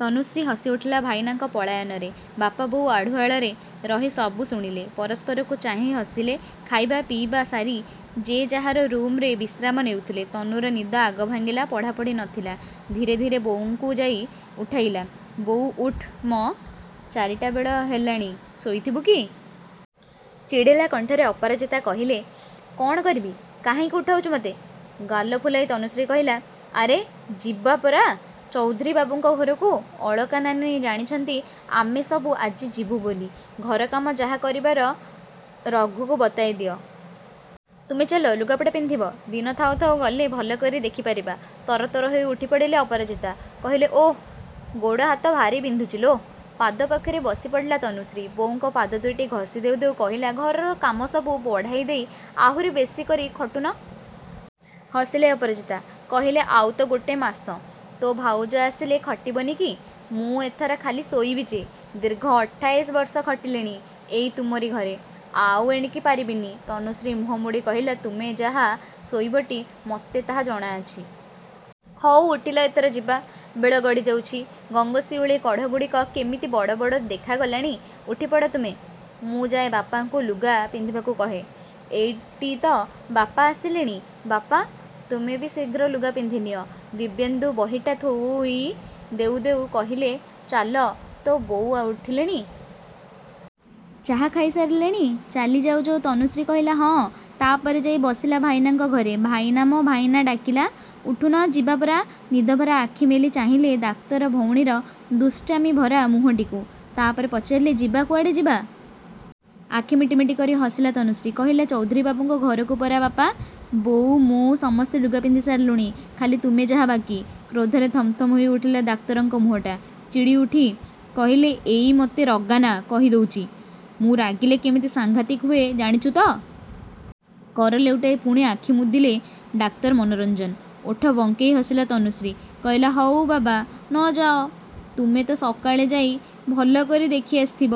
ତନୁଶ୍ରୀ ହସିଉଠିଲା ଭାଇନାଙ୍କ ପଳାୟନରେ। ବାପା-ବୋଉ ଆଢ଼ୁଆଳରେ ରହି ସବୁ ଶୁଣିଲେ। ପରସ୍ପରକୁ ଚାହିଁ ହସିଲେ। ଖାଇବା-ପିଇବା ସାରି ଯେ ଯାହାର ରୁମ୍‌ରେ ବିଶ୍ରାମ ନେଉଥିଲେ। ତନୁର ନିଦ ଆଗ ଭାଙ୍ଗିଲା। ପଢ଼ାପଢ଼ି ନଥିଲା। ଧୀରେ ଧୀରେ ବୋଉଙ୍କୁ ଯାଇ ଉଠାଇଲା। ବୋଉ, ଉଠ୍‌ ମ| ଚାରିଟାବେଳ ହେଲାଣି, ଶୋଇଥିବୁ କି? ଚିଡ଼ିଲା କଣ୍ଠରେ ଅପରାଜିତା କହିଲେ କ'ଣ କରିବି? କାହିଁକି ଉଠାଉଛୁ ମୋତେ? ଗାଲ ଫୁଲାଇ ତନୁଶ୍ରୀ କହିଲା "ଆରେ, ଯିବା ପରା ଚୌଧୁରୀବାବୁଙ୍କ ଘରକୁ। ଅଳକା ନାନୀ ଜାଣିଛନ୍ତି ଆମେ ସବୁ ଆଜି ଯିବୁ ବୋଲି। ଘର କାମ ଯାହା କରିବାର ରଘୁକୁ ବତାଇ ଦିଅ। ତୁମେ ଚାଲ, ଲୁଗାପଟା ପିନ୍ଧିବ। ଦିନ ଥାଉ ଥାଉ ଗଲେ ଭଲକରି ଦେଖିପାରିବା। ତରତର ହୋଇ ଉଠିପଡ଼ିଲେ ଅପରାଜିତା। କହିଲେ ଓଃ, ଗୋଡ଼-ହାତ ଭାରି ବିନ୍ଧୁଛି ଲୋ। ପାଦପାଖରେ ବସିପଡ଼ିଲା ତନୁଶ୍ରୀ। ବୋଉଙ୍କ ପାଦ ଦୁଇଟି ଘସି ଦେଉ ଦେଉ କହିଲା ଘରର କାମସବୁ ବଢ଼ାଇ ଦେଇ ଆହୁରି ବେଶି କରି ଖଟୁନ। ହସିଲେ ଅପରାଜିତା। କହିଲେ "ଆଉ ତ ଗୋଟେ ମାସ। ତୋ ଭାଉଜ ଆସିଲେ ଖଟିବନି କି? ମୁଁ ଏଥର ଖାଲି ଶୋଇବି ଯେ। ଦୀର୍ଘ ଅଠାଇଶ ବର୍ଷ ଖଟିଲିଣି ଏଇ ତୁମରି ଘରେ। ଆଉ ଏଣିକି ପାରିବିନି। ତନୁଶ୍ରୀ ମୁହଁ ମୋଡ଼ି କହିଲା ତୁମେ ଯାହା ଶୋଇବଟି, ମୋତେ ତାହା ଜଣାଅଛି। ହଉ ଉଠିଲ ଏଥର, ଯିବା। ବେଳ ଗଡ଼ିଯାଉଛି। ଗଙ୍ଗଶିଉଳି କଢ଼ଗୁଡ଼ିକ କେମିତି ବଡ଼ ବଡ଼ ଦେଖାଗଲାଣି। ଉଠିପଡ଼ ତୁମେ, ମୁଁ ଯାଏ ବାପାଙ୍କୁ ଲୁଗା ପିନ୍ଧିବାକୁ କହେ। ଏଇଟି ତ ବାପା ଆସିଲେଣି। ବାପା, ତୁମେ ବି ଶୀଘ୍ର ଲୁଗା ପିନ୍ଧିନିଅ। ଦିବ୍ୟେନ୍ଦୁ ବହିଟା ଥୋଇ ଦେଉ ଦେଉ କହିଲେ ଚାଲ, ତୋ ବୋଉ ଉଠିଲେଣି? ଚାହା ଖାଇ ସାରିଲେଣି? ଚାଲି ଯାଉ ଯାଉ ତନୁଶ୍ରୀ କହିଲା ହଁ। ତା'ପରେ ଯାଇ ବସିଲା ଭାଇନାଙ୍କ ଘରେ। ଭାଇନା ମ ଭାଇନା, ଡାକିଲା। ଉଠୁନ, ଯିବା ପରା। ନିଦଭରା ଆଖି ମେଲି ଚାହିଁଲେ ଡାକ୍ତର ଭଉଣୀର ଦୁଷ୍ଟାମିଭରା ମୁହଁଟିକୁ। ତା'ପରେ ପଚାରିଲେ ଯିବା କୁଆଡ଼େ ଯିବା? ଆଖି ମିଟିମିଟି କରି ହସିଲା ତନୁଶ୍ରୀ। କହିଲା ଚୌଧୁରୀବାବୁଙ୍କ ଘରକୁ ପରା ବାପା, ବୋଉ, ମୁଁ ସମସ୍ତେ ଲୁଗା ପିନ୍ଧି ସାରିଲୁଣି। ଖାଲି ତୁମେ ଯାହା ବାକି। କ୍ରୋଧରେ ଥମ୍‌ଥମ୍‌ ହୋଇଉଠିଲା ଡାକ୍ତରଙ୍କ ମୁହଁଟା। ଚିଡ଼ିଉଠି କହିଲେ "ଏଇ, ମୋତେ ରଗାନା, କହିଦେଉଛି। ମୁଁ ରାଗିଲେ କେମିତି ସାଙ୍ଘାତିକ ହୁଏ, ଜାଣିଛୁ ତ? କର ଲେଉଟାଇ ପୁଣି ଆଖି ମୁଦିଲେ ଡାକ୍ତର ମନୋରଞ୍ଜନ। ଓଠ ବଙ୍କେଇ ହସିଲା ତନୁଶ୍ରୀ। କହିଲା ହଉ ବାବା, ନଯାଅ। ତୁମେ ତ ସକାଳେ ଯାଇ ଭଲକରି ଦେଖି ଆସିଥିବ।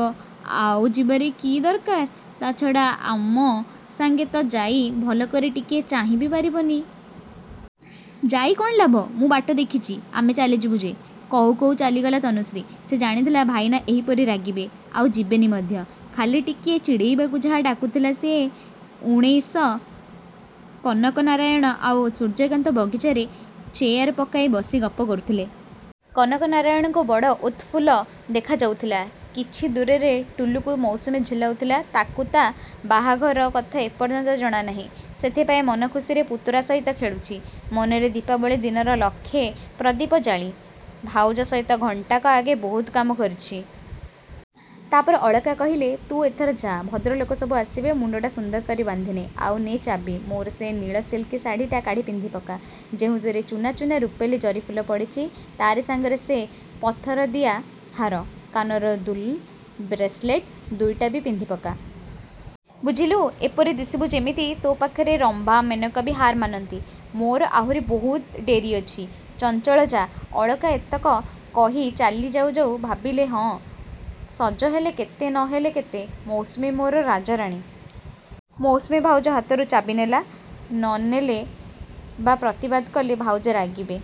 ଆଉ ଯିବାରେ କି ଦରକାର? ତା'ଛଡ଼ା ଆମ ସାଙ୍ଗେ ତ ଯାଇ ଭଲକରି ଟିକିଏ ଚାହିଁ ବି ପାରିବନି। ଯାଇ କ'ଣ ଲାଭ? ମୁଁ ବାଟ ଦେଖିଛି। ଆମେ ଚାଲିଯିବୁ ଯେ। କହୁ କହୁ ଚାଲିଗଲା ତନୁଶ୍ରୀ। ସେ ଜାଣିଥିଲା ଭାଇନା ଏହିପରି ରାଗିବେ, ଆଉ ଯିବେନି ମଧ୍ୟ। ଖାଲି ଟିକିଏ ଚିଡ଼େଇବାକୁ ଯାହା ଡାକୁଥିଲା ସିଏ। ଉଣେଇଶ କନକ ନାରାୟଣ ଆଉ ସୂର୍ଯ୍ୟକାନ୍ତ ବଗିଚାରେ ଚେୟାର ପକାଇ ବସି ଗପ କରୁଥିଲେ। କନକନାରାୟଣଙ୍କୁ ବଡ଼ ଉତଫୁଲ୍ଲ ଦେଖାଯାଉଥିଲା। କିଛି ଦୂରରେ ଟୁଲୁକୁ ମୌସୁମୀ ଝୁଲାଉଥିଲା। ତାକୁ ତା' ବାହାଘର କଥା ଏପର୍ଯ୍ୟନ୍ତ ଜଣାନାହିଁ। ସେଥିପାଇଁ ମନଖୁସିରେ ପୁତୁରା ସହିତ ଖେଳୁଛି, ମନରେ ଦୀପାବଳି ଦିନର ଲକ୍ଷେ ପ୍ରଦୀପ ଜାଳି। ଭାଉଜ ସହିତ ଘଣ୍ଟାକ ଆଗେ ବହୁତ କାମ କରିଛି। ତା'ପରେ ଅଳକା କହିଲେ ତୁ ଏଥର ଯାଆ। ଭଦ୍ରଲୋକ ସବୁ ଆସିବେ। ମୁଣ୍ଡଟା ସୁନ୍ଦର କରି ବାନ୍ଧିନେ। ଆଉ ନେ ଚାବି। ମୋର ସେ ନୀଳ ସିଲ୍କି ଶାଢ଼ିଟା କାଢ଼ି ପିନ୍ଧିପକା, ଯେଉଁଥିରେ ଚୂନା ଚୂନା ରୂପେଲି ଜରିଫୁଲ ପଡ଼ିଛି। ତାରି ସାଙ୍ଗରେ ସେ ପଥରଦିଆ ହାର, କାନର ଦୁଲ୍‌, ବ୍ରେସଲେଟ୍‌ ଦୁଇଟା ବି ପିନ୍ଧିପକା। ବୁଝିଲୁ, ଏପରି ଦିଶିବୁ ଯେମିତି ତୋ ପାଖରେ ରମ୍ଭା, ମେନକା ବି ହାର୍‌ ମାନନ୍ତି। ମୋର ଆହୁରି ବହୁତ ଡେରି ଅଛି, ଚଞ୍ଛଳ ଯା। ଅଳକା ଏତକ କହି ଚାଲି ଯାଉ ଯାଉ ଭାବିଲେ ହଁ, ସଜହେଲେ କେତେ, ନହେଲେ କେତେ! ମୌସୁମୀ ମୋର ରାଜରାଣୀ। ମୌସୁମୀ ଭାଉଜ ହାତରୁ ଚାବି ନେଲା। ନ ନେଲେ ବା ପ୍ରତିବାଦ କଲେ ଭାଉଜ ରାଗିବେ।